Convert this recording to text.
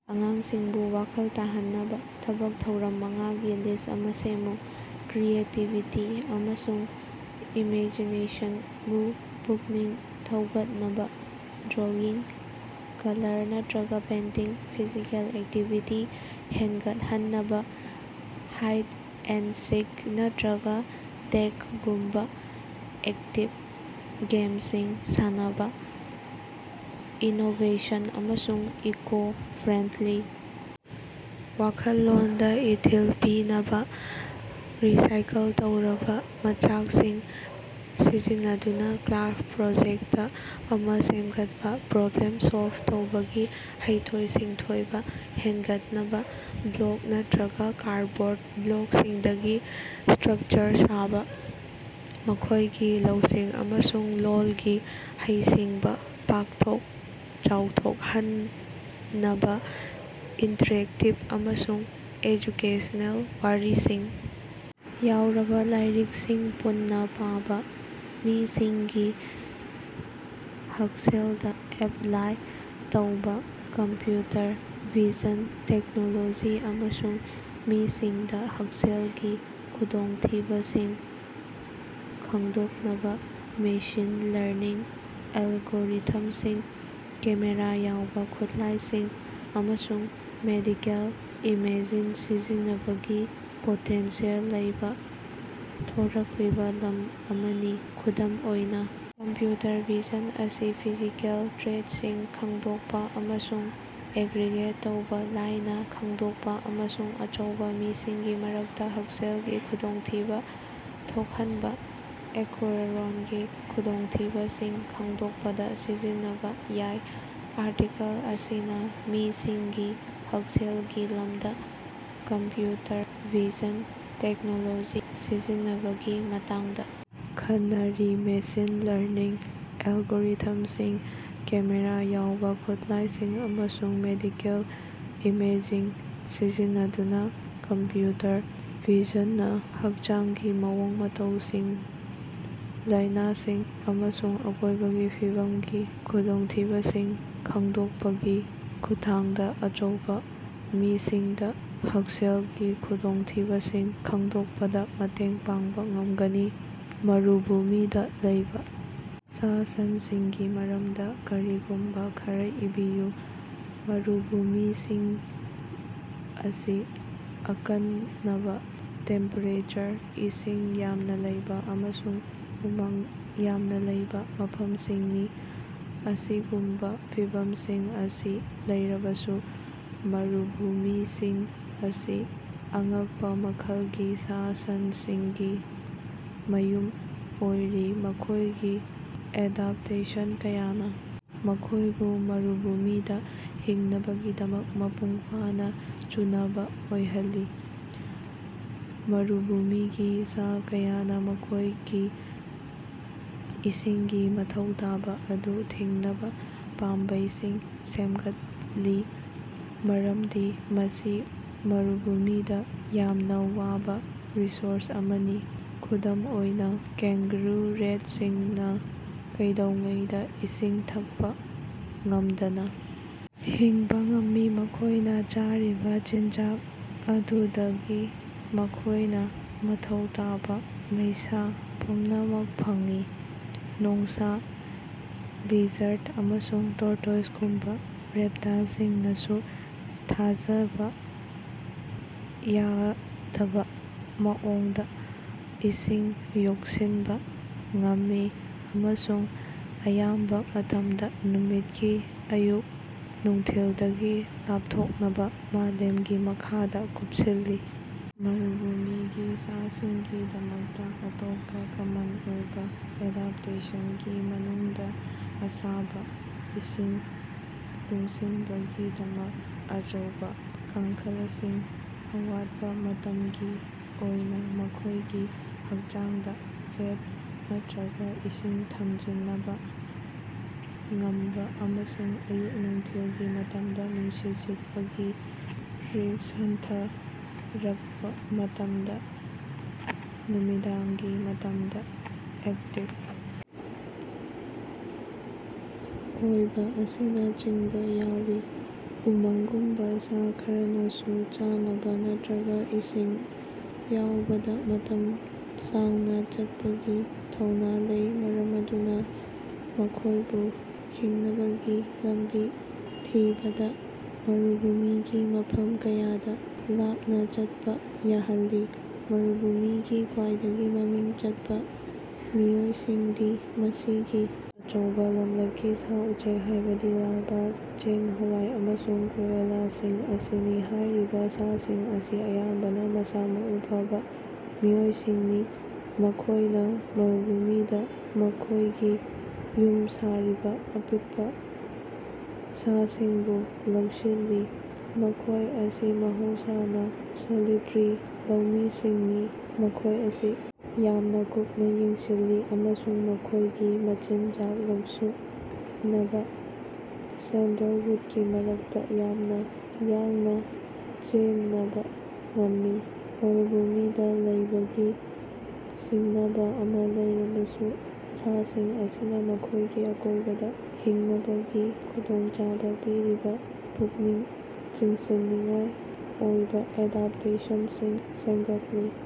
ꯑꯉꯥꯡꯁꯤꯡꯕꯨ ꯋꯥꯈꯜ ꯇꯥꯍꯟꯅꯕꯥ ꯊꯕꯛ ꯊꯧꯔꯝ ꯃꯉꯥꯒꯤ ꯂꯤꯁ꯭ꯠ ꯑꯃꯥ ꯁꯦꯝꯃꯨ꯫ ꯀ꯭ꯔꯤꯌꯦꯇꯤꯕꯤꯇꯤ ꯑꯃꯁꯨꯡ ꯏꯃꯦꯖꯤꯅꯦꯁꯟꯕꯨ ꯄꯨꯛꯅꯤꯡ ꯊꯧꯒꯠꯅꯕꯥ drawing, colour ꯅꯠꯠꯔꯒꯥ painting. Physical activity ꯍꯦꯟꯒꯠꯍꯟꯅꯕꯥ ꯍꯥꯏꯗ ꯑꯦꯟꯗ ꯁꯤꯛ ꯅꯠꯇ꯭ꯔꯒꯥ ꯇꯦꯒꯒꯨꯝꯕꯥ ꯑꯦꯛꯇꯤꯚ ꯒꯦꯝꯁꯤꯡ ꯁꯥꯟꯅꯕꯥ꯫ ꯏꯅꯣꯕꯦꯁꯟ ꯑꯃꯁꯨꯡ ꯏꯀꯣ ꯐ꯭ꯔꯦꯟꯗꯂꯤ ꯋꯥꯈꯜꯂꯣꯟꯗꯥ ꯏꯊꯤꯜ ꯄꯤꯅꯕꯥ ꯔꯤꯁꯥꯏꯀꯟ ꯇꯧꯔꯕꯥ ꯃꯆꯥꯛꯁꯤꯡ ꯁꯤꯖꯤꯟꯅꯗꯨꯅꯥ ꯀ꯭ꯔꯥꯐ ꯄ꯭ꯔꯣꯖꯦꯛꯇ ꯑꯃꯥ ꯁꯦꯝꯒꯠꯄꯥ꯫ ꯄ꯭ꯔꯣꯕ꯭ꯂꯦꯝ ꯁꯣꯜꯕ ꯇꯧꯕꯒꯤ ꯍꯩꯊꯣꯏ-ꯁꯤꯡꯊꯣꯏꯕꯥ ꯍꯦꯟꯒꯠꯅꯕꯥ ꯕ꯭ꯂꯣꯛ ꯅꯠꯇ꯭ꯔꯒꯥ ꯀꯥꯔꯗꯕꯣꯔꯗ ꯕꯣꯛꯁꯁꯤꯡꯗꯒꯤ ꯁ꯭ꯠꯔꯀꯆꯔꯁꯤꯡ ꯁꯥꯕꯥ꯫ ꯃꯈꯣꯏꯒꯤ ꯂꯧꯁꯤꯡ ꯑꯃꯁꯨꯡ ꯂꯣꯜꯒꯤ ꯍꯩꯁꯤꯡꯕꯥ ꯄꯥꯛꯊꯣꯛ ꯆꯥꯎꯊꯣꯛꯍꯟꯅꯕꯥ ꯏꯟꯇꯔꯦꯛꯇꯤꯚ ꯑꯃꯁꯨꯡ ꯑꯦꯖꯨꯀꯦꯁꯅꯦꯜ ꯋꯥꯔꯤꯁꯤꯡ ꯌꯥꯎꯕ ꯂꯥꯏꯔꯤꯛꯁꯤꯡ ꯄꯨꯟꯅꯥ ꯄꯥꯕꯥ꯫ ꯃꯤꯁꯤꯡꯒꯤ ꯍꯛꯁꯦꯜꯗꯥ ꯑꯦꯞꯂꯥꯏ ꯇꯧꯕ ꯀꯝꯄꯌꯨꯇꯔ ꯚꯤꯖꯟ ꯇꯦꯛꯅꯣꯂꯣꯖꯤ ꯑꯁꯤ ꯃꯤꯁꯤꯡꯗꯥ ꯍꯛꯁꯦꯜꯒꯤ ꯈꯨꯗꯣꯡꯊꯤꯕꯁꯤꯡ ꯈꯪꯗꯣꯛꯅꯕꯥ ꯃꯦꯁꯤꯟ ꯂꯔꯅꯤꯡ ꯑꯦꯂꯒꯣꯔꯤꯊꯝꯁꯤꯡ, ꯀꯦꯃꯦꯔꯥ ꯌꯥꯎꯕꯥ ꯈꯨꯠꯂꯥꯏꯁꯤꯡ, ꯑꯃꯁꯨꯡ ꯃꯦꯗꯤꯀꯦꯜ ꯏꯃꯦꯖꯤꯡ ꯁꯤꯖꯤꯟꯅꯕꯒꯤ ꯄꯣꯇꯦꯟꯁꯤꯌꯦꯜ ꯂꯩꯕ ꯊꯣꯔꯛꯂꯤꯕꯥ ꯂꯝ ꯑꯃꯅꯤ꯫ ꯈꯨꯗꯝ ꯑꯣꯏꯅꯥ, ꯀꯝꯄꯌꯨꯇꯔ ꯚꯤꯖꯟ ꯑꯁꯤ ꯐꯤꯖꯤꯀꯦꯜ ꯇ꯭ꯔꯦꯠꯁꯤꯡ ꯈꯪꯗꯣꯛꯄꯥ ꯑꯃꯁꯨꯡ ꯑꯦꯒ꯭ꯔꯤꯒꯦꯠ ꯇꯧꯕ, ꯂꯥꯏꯅꯥ ꯈꯪꯗꯣꯛꯄꯥ, ꯑꯃꯁꯨꯡ ꯑꯆꯧꯕ ꯃꯤꯁꯤꯡꯒꯤ ꯃꯔꯛꯇꯥ ꯍꯛꯁꯦꯜꯒꯤ ꯈꯨꯗꯣꯡꯊꯤꯕꯥ ꯊꯣꯛꯍꯟꯕꯥ ꯑꯀꯣꯌꯔꯣꯟꯒꯤ ꯈꯨꯗꯣꯡꯊꯤꯕꯁꯤꯡ ꯈꯪꯗꯣꯛꯄꯗꯥ ꯁꯤꯖꯤꯟꯅꯕꯥ ꯌꯥꯏ꯫ ꯑꯥꯔꯇꯤꯀꯜ ꯑꯁꯤꯅꯥ ꯃꯤꯁꯤꯡꯒꯤ ꯍꯛꯁꯦꯜꯒꯤ ꯂꯝꯗꯥ ꯀꯝꯄꯌꯨꯇꯔ ꯚꯤꯖꯟ ꯇꯦꯛꯅꯣꯂꯣꯖꯤ ꯁꯤꯖꯤꯟꯅꯕꯒꯤ ꯃꯇꯥꯡꯗꯥ ꯈꯟꯅꯔꯤ꯫ ꯃꯦꯁꯤꯟ ꯂꯔꯅꯤꯡ ꯑꯦꯂꯒꯣꯔꯤꯊꯝꯁꯤꯡ, ꯀꯦꯃꯦꯔꯥ ꯌꯥꯎꯕ ꯈꯨꯠꯂꯥꯏꯁꯤꯡ, ꯑꯃꯁꯨꯡ ꯃꯦꯗꯤꯀꯦꯜ ꯏꯃꯦꯖꯤꯡ ꯁꯤꯖꯤꯟꯅꯗꯨꯅꯥ ꯀꯝꯄꯌꯨꯇꯔ ꯚꯤꯖꯟꯅꯥ ꯍꯛꯆꯥꯡꯒꯤ ꯃꯑꯣꯡ ꯃꯇꯧꯁꯤꯡ, ꯂꯥꯏꯅꯥꯁꯤꯡ ꯑꯃꯁꯨꯡ ꯑꯀꯣꯏꯕꯒꯤ ꯐꯤꯕꯝꯒꯤ ꯈꯨꯗꯣꯡꯊꯤꯕꯁꯤꯡ ꯈꯪꯗꯣꯛꯄꯒꯤ ꯈꯨꯠꯊꯥꯡꯗꯥ ꯑꯆꯧꯕꯥ ꯃꯤꯁꯤꯡꯗꯥ ꯍꯛꯁꯦꯜꯒꯤ ꯈꯨꯗꯣꯡꯊꯤꯕꯁꯤꯡ ꯈꯪꯗꯣꯛꯄꯗꯥ ꯃꯇꯦꯡ ꯄꯥꯡꯕꯥ ꯉꯝꯒꯅꯤ꯫ ꯃꯔꯨꯚꯨꯃꯤꯗꯥ ꯂꯩꯕꯥ ꯁꯥ ꯁꯟꯁꯤꯡꯒꯤ ꯃꯔꯝꯗꯥ ꯀꯔꯤꯒꯨꯝꯕꯥ ꯈꯔꯥ ꯏꯕꯤꯌꯨ꯫ ꯃꯔꯨꯚꯨꯃꯤꯁꯤꯡ ꯑꯁꯤ ꯑꯀꯟꯅꯕꯥ ꯇꯦꯝꯄꯦꯔꯦꯆꯔ, ꯏꯁꯤꯡ ꯌꯥꯝꯅ ꯂꯩꯕ ꯑꯃꯁꯨꯡ ꯎꯃꯪ ꯌꯥꯝꯅ ꯂꯩꯕ ꯃꯐꯝꯁꯤꯡꯅꯤ꯫ ꯑꯁꯤꯒꯨꯝꯕꯥ ꯐꯤꯚꯝꯁꯤꯡ ꯑꯁꯤ ꯂꯩꯔꯕꯁꯨ ꯃꯔꯨꯚꯨꯃꯤꯁꯤꯡ ꯑꯁꯤ ꯑꯉꯛꯄꯥ ꯃꯈꯜꯒꯤ ꯁꯥ ꯁꯟꯁꯤꯡꯒꯤ ꯃꯌꯨꯝ ꯑꯣꯏꯔꯤ, ꯃꯈꯣꯏꯒꯤ ꯑꯦꯗꯞꯇꯦꯁꯟ ꯀꯌꯥꯅꯥ ꯃꯈꯣꯏꯕꯨ ꯃꯔꯨꯚꯨꯃꯤꯗꯥ ꯍꯤꯡꯅꯕꯒꯤꯗꯃꯛ ꯃꯄꯨꯡ ꯐꯥꯅꯥ ꯆꯨꯅꯕꯥ ꯑꯣꯏꯍꯜꯂꯤ꯫ ꯃꯔꯨꯚꯨꯃꯤꯒꯤ ꯁꯥ ꯀꯌꯥꯅꯥ ꯃꯈꯣꯏꯒꯤ ꯏꯁꯤꯡꯒꯤ ꯃꯊꯧ ꯇꯥꯕ ꯑꯗꯨ ꯊꯤꯡꯅꯕꯥ ꯄꯥꯝꯕꯩꯁꯤꯡ ꯁꯦꯝꯒꯠꯂꯤ, ꯃꯔꯝꯗꯤ ꯃꯁꯤ ꯃꯔꯨꯚꯨꯃꯤꯗꯥ ꯌꯥꯝꯅ ꯋꯥꯕ ꯔꯤꯁꯣꯔꯁ ꯑꯃꯅꯤ꯫ ꯈꯨꯗꯝ ꯑꯣꯏꯅꯥ, ꯀꯦꯉ꯭ꯒꯥꯔꯨ ꯔꯦꯠꯁꯤꯡꯅꯥ ꯀꯩꯗꯧꯉꯩꯗꯥ ꯏꯁꯤꯡ ꯊꯛꯄꯥ ꯉꯝꯗꯅꯥ ꯍꯤꯡꯕꯥ ꯉꯝꯃꯤ, ꯃꯈꯣꯏꯅꯥ ꯆꯥꯔꯤꯕꯥ ꯆꯤꯟꯖꯥꯛ ꯑꯗꯨꯗꯒꯤ ꯃꯈꯣꯏꯅꯥ ꯃꯊꯧ ꯇꯥꯕꯥ ꯃꯩꯁꯥ ꯄꯨꯝꯅꯃꯛ ꯐꯪꯏ꯫ ꯅꯣꯡꯁꯥ, ꯂꯤꯖꯔꯗ ꯑꯃꯁꯨꯡ ꯇꯣꯔꯇꯣꯏꯁꯒꯨꯝꯕꯥ ꯔꯦꯄꯇꯥꯜꯁꯤꯡꯅꯁꯨ ꯊꯥꯖꯕ ꯌꯥꯗꯕ ꯃꯑꯣꯡꯗꯥ ꯏꯁꯤꯡ ꯌꯣꯛꯁꯤꯟꯕꯥ ꯉꯝꯃꯤ, ꯑꯃꯁꯨꯡ ꯑꯌꯥꯝꯕꯥ ꯃꯇꯝꯗꯥ ꯅꯨꯃꯤꯠꯀꯤ ꯑꯌꯨꯛ ꯅꯨꯡꯊꯤꯜꯗꯒꯤ ꯂꯥꯞꯊꯣꯛꯅꯕꯥ ꯃꯥꯂꯦꯝꯒꯤ ꯃꯈꯥꯗꯥ ꯀꯨꯞꯁꯤꯜꯂꯤ꯫ ꯃꯔꯨꯚꯨꯃꯤꯒꯤ ꯁꯥꯁꯤꯡꯒꯤꯗꯃꯛꯇꯥ ꯑꯇꯣꯞꯄꯥ ꯀꯃꯟ ꯑꯣꯏꯕ ꯑꯦꯗꯞꯇꯦꯁꯟꯁꯤꯡꯒꯤ ꯃꯅꯨꯡꯗꯥ ꯑꯁꯥꯕꯥ ꯏꯁꯤꯡ ꯇꯨꯡꯁꯤꯟꯕꯒꯤꯗꯃꯛ ꯑꯆꯧꯕꯥ ꯀꯥꯡꯈꯂꯁꯤꯡ, ꯑꯋꯥꯠꯄꯥ ꯃꯇꯝꯒꯤ ꯑꯣꯏꯅꯥ ꯃꯈꯣꯏꯒꯤ ꯍꯛꯆꯥꯡꯗꯥ ꯐꯦꯠ ꯅꯠꯇ꯭ꯔꯒꯥ ꯏꯁꯤꯡ ꯊꯝꯖꯤꯅꯕꯥ ꯉꯝꯕꯥ ꯑꯃꯁꯨꯡ ꯑꯌꯨꯛ-ꯅꯨꯡꯊꯤꯜꯒꯤ ꯃꯇꯝꯗꯥ ꯅꯨꯡꯁꯤꯠ ꯁꯤꯠꯄꯒꯤ ꯔꯤꯁ꯭ꯛ ꯍꯟꯊꯔꯛꯄꯥ ꯃꯇꯝꯗꯥ ꯅꯨꯃꯤꯗꯥꯡꯒꯤ ꯃꯇꯝꯗꯥ ꯑꯦꯛꯇꯤꯚ ꯑꯣꯏꯕ ꯑꯁꯤꯅꯆꯤꯡꯕꯥ ꯌꯥꯎꯏ꯫ ꯎꯃꯪꯒꯨꯝꯕꯥ ꯁꯥ ꯈꯔꯅꯁꯨ ꯆꯥꯅꯕꯥ ꯅꯠꯇ꯭ꯔꯒꯥ ꯏꯁꯤꯡ ꯌꯥꯎꯕꯗ ꯃꯇꯝ ꯁꯥꯡꯅꯥ ꯆꯠꯄꯒꯤ ꯊꯧꯅꯥ ꯂꯩ, ꯃꯔꯝ ꯑꯗꯨꯅꯥ ꯃꯈꯣꯏꯕꯨ ꯍꯤꯡꯅꯕꯒꯤ ꯂꯝꯕꯤ ꯊꯤꯕꯗꯥ ꯃꯔꯨꯚꯨꯃꯤꯒꯤ ꯃꯐꯝ ꯀꯌꯥꯗꯥ ꯂꯥꯞꯅꯥ ꯆꯠꯄꯥ ꯌꯥꯍꯜꯂꯤ꯫ ꯃꯔꯨꯚꯨꯃꯤꯒꯤ ꯈ꯭ꯋꯥꯏꯗꯒꯤ ꯃꯃꯤꯡ ꯆꯠꯄꯥ ꯃꯤꯑꯣꯏꯁꯤꯡꯗꯤ ꯃꯁꯤꯒꯤ ꯑꯆꯧꯕꯥ ꯂꯝꯂꯛꯀꯤ ꯁꯥ ꯎꯆꯦꯛꯁꯤꯡ, ꯍꯥꯏꯕꯗꯤ ꯂꯥꯏꯔꯕꯥ, ꯆꯦꯡ-ꯍꯋꯥꯏ ꯑꯃꯁꯨꯡ ꯀꯣꯌꯂꯥꯁꯤꯡ ꯑꯁꯤꯅꯤ꯫ ꯍꯥꯏꯔꯤꯕꯥ ꯁꯥꯁꯤꯡ ꯑꯁꯤ ꯑꯌꯥꯝꯕꯅꯥ ꯃꯁꯥ ꯃꯎ ꯐꯕꯥ ꯃꯤꯑꯣꯏꯁꯤꯡꯅꯤ꯫ ꯃꯈꯣꯏꯅꯥ ꯃꯔꯨꯚꯨꯃꯤꯗꯥ ꯃꯈꯣꯏꯒꯤ ꯌꯨꯝ ꯁꯥꯔꯤꯕꯥ ꯑꯄꯤꯛꯄꯥ ꯁꯥꯁꯤꯡꯕꯨ ꯂꯧꯁꯤꯜꯂꯤ꯫ ꯃꯈꯣꯏ ꯑꯁꯤ ꯃꯍꯧꯁꯥꯅꯥ ꯁꯣꯂꯤꯇꯔꯤ ꯂꯧꯃꯤꯁꯤꯡꯅꯤ, ꯃꯈꯣꯏ ꯑꯁꯤ ꯌꯥꯝꯅ ꯀꯨꯞꯅꯥ ꯌꯦꯡꯁꯤꯜꯂꯤ ꯑꯃꯁꯨꯡ ꯃꯈꯣꯏꯒꯤ ꯃꯆꯤꯟꯖꯥꯛ ꯂꯧꯁꯤꯟꯅꯕꯥ ꯁꯦꯟꯗꯜꯋꯨꯠꯀꯤ ꯃꯔꯛꯇꯥ ꯌꯥꯝꯅꯥ ꯌꯥꯡꯅꯥ ꯆꯦꯅꯕꯥ ꯉꯝꯃꯤ꯫ ꯃꯔꯨꯚꯨꯃꯤꯗꯥ ꯂꯩꯕꯒꯤ ꯁꯤꯡꯅꯕꯥ ꯑꯃꯥ ꯂꯩꯔꯕꯁꯨ, ꯁꯥꯁꯤꯡ ꯑꯁꯤꯅꯥ ꯃꯈꯣꯏꯒꯤ ꯑꯀꯣꯏꯕꯗꯥ ꯍꯤꯡꯅꯕꯒꯤ ꯈꯨꯗꯣꯡꯆꯥꯕꯥ ꯄꯤꯔꯤꯕꯥ ꯄꯨꯛꯅꯤꯡ ꯆꯤꯡꯁꯤꯟꯅꯤꯡꯉꯥꯏ ꯑꯣꯏꯕ ꯑꯦꯗꯞꯇꯦꯁꯟꯁꯤꯡ ꯁꯦꯝꯒꯠꯂꯤ꯫